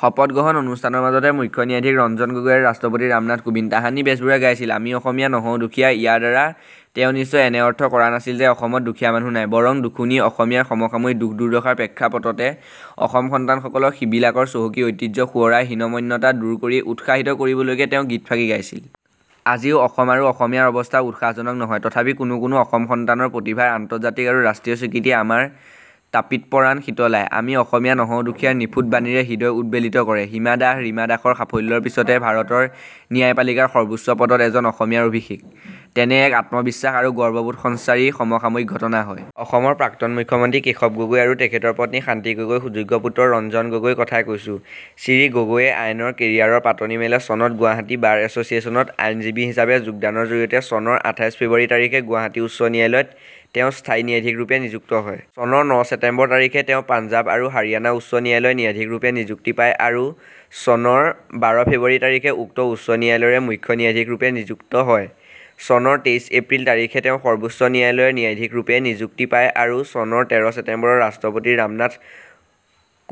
শপত গ্ৰহণ অনুষ্ঠানৰ মাজতে মুখ্য ন্যায়াধীশ ৰঞ্জন গগৈ আৰু ৰাষ্ট্ৰপতি ৰামনাথ কোবিন্দ। তাহানি বেজবৰুৱাই গাইছিল "আমি অসমীয়া নহওঁ দুখীয়া" ইয়াৰ দ্বাৰা তেওঁ নিশ্চয় এনে অৰ্থ কৰা নাছিল যে অসমত দুখীয়া মানুহ নাই, বৰং দুখুনী অসমীয়া সমসাময়িক দুখদুৰ্দশাৰ প্ৰেক্ষাপটতে অসম সন্তানসকলক সিবিলাকৰ চহকী ঐতিহ্য সোঁৱৰাই হীনমন্যতা দূৰ কৰি উৎসাহিত কৰিবলৈকে তেওঁ গীতফাকি গাইছিল।‌ আজিও অসম আৰু অসমীয়াৰ অৱস্থা উৎসাহজনক নহয় তথাপি কোনো কোনো অসমসন্তানৰ প্ৰতিভাৰ আন্তৰ্জাতিক আৰু ৰাষ্ট্ৰীয় স্বীকৃতিয়ে আমাৰ তাপিত পৰাণ শীতলাই। আমি অসমীয়া নহওঁ দুখীয়াৰ নিফুট বাণীৰে হৃদয় উদ্বেলিত কৰে। হিমা দাস, ৰীমা দাসৰ সাফল্যৰ পিছতে ভাৰতৰ ন্যায়পালিকাৰ সৰ্বোচ্চ পদত এজন অসমীয়াৰ অভিষেক, তেনে এক আত্মবিশ্বাস আৰু গৰ্ববোধ সঞ্চাৰী সমসাময়িক ঘটনা হয় ।‌ অসমৰ প্ৰাক্তন মুখ্য মন্ত্ৰী কেশৱ গগৈ আৰু তেখেতৰ পত্নী শান্তি গগৈৰ সুযোগ্য পুত্ৰ ৰঞ্জন গগৈৰ কথাই কৈছোঁ। শ্ৰী গগৈয়ে আইনৰ কেৰিয়াৰৰ পাতনি মেলে চনত গুৱাহাটী বাৰ এছচিয়েশ্যনত আইনজীৱী হিচাপে যোগদানৰ জৰিয়তে চনৰ আঠাইশ ফেব্ৰুৱাৰি তাৰিখে গুৱাহাটী উচ্চ ন্যায়ালত তেওঁ স্থায়ী ন্যায়াধীশৰূপে নিযুক্ত হয়। চনৰ ন ছেতেম্বৰ তাৰিখে তেওঁ পাঞ্জাব আৰু হাৰিয়ানা উচ্চ ন্যায়ালয়ৰ ন্যায়াধীশৰূপে নিযুক্তি পায় আৰু চনৰ বাৰ ফেব্ৰুৱাৰি তাৰিখে উক্ত উচ্চ ন্যায়ালয়ৰে মুখ্য ন্যায়াধীশৰূপে নিযুক্ত হয়। চনৰ তেইছ এপ্ৰিল তাৰিখে তেওঁ সৰ্বোচ্চ ন্যায়ালয়ৰ ন্যায়াধীশৰূপে নিযুক্তি পায় আৰু চনৰ তেৰ ছেতেম্বৰত ৰাষ্ট্ৰপতি ৰামনাথ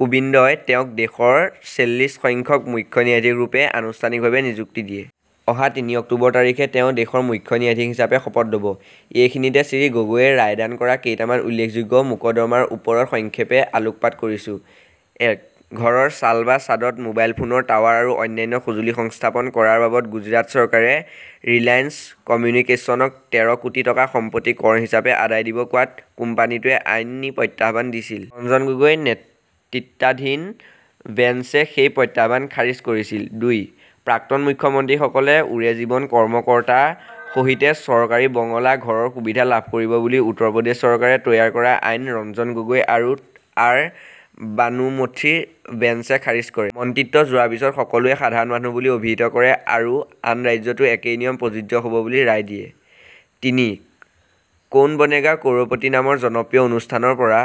কোবিন্দই তেওঁক দেশৰ ছেল্লিছ সংখ্যক মুখ্য ন্যায়াধীশৰূপে আনুষ্ঠানিকভাৱে নিযুক্তি দিয়ে। অহা তিনি অক্টোবৰ তাৰিখে তেওঁ দেশৰ মুখ্য ন্যায়াধীশ হিচাপে শপত ল'ব। এইখিনিতে শ্ৰী গগৈয়ে ৰায়দান কৰা কেইটামান উল্লেখযোগ্য মোকৰ্দমাৰ ওপৰত সংক্ষেপে আলোকপাত কৰিছো। এক - ঘৰৰ চাল বা ছাদত মবাইল ফোনৰ টাৱাৰ আৰু অন্যান্য সঁজুলি সংস্থাপন কৰাৰ বাবদ গুজৰাট চৰকাৰে ৰিলায়েন্স কম্যুনিকেইশ্যনক তেৰ কোটি টকা সম্পত্তি কৰ হিচাপে আদায় দিব কোৱাত কোম্পানিটোৱে আইনী প্ৰত্যাহ্বান দিছিল । ৰঞ্জন গগৈ নেতৃত্বাধীন বেন্সে সেই প্ৰত্যাহ্বান খাৰিজ কৰিছিল। দুই- প্ৰাক্তন মুখ্য মন্ত্ৰীসকলে ওৰে জীৱন কৰ্মকৰ্তা সহিতে চৰকাৰী বঙলা ঘৰৰ সুবিধা লাভ কৰিব বুলি উত্তৰ প্ৰদেশ চৰকাৰে তৈয়াৰ কৰা আইন ৰঞ্জন গগৈ আৰু আৰ্ বানুমথীৰ বেন্সে খাৰিজ কৰে। মন্ত্ৰীত্ব যোৱাৰ পিছত সকলোৱেই সাধাৰণ মানুহ বুলি অভিহিত কৰে আৰু আন ৰাজ্যতো একেই নিয়ম প্ৰযোজ্য হব বুলি ৰায় দিয়ে।‌ তিনি- কৌন বনেগা কৰোড়পতি নামৰ জনপ্ৰিয় অনুষ্ঠানৰ পৰা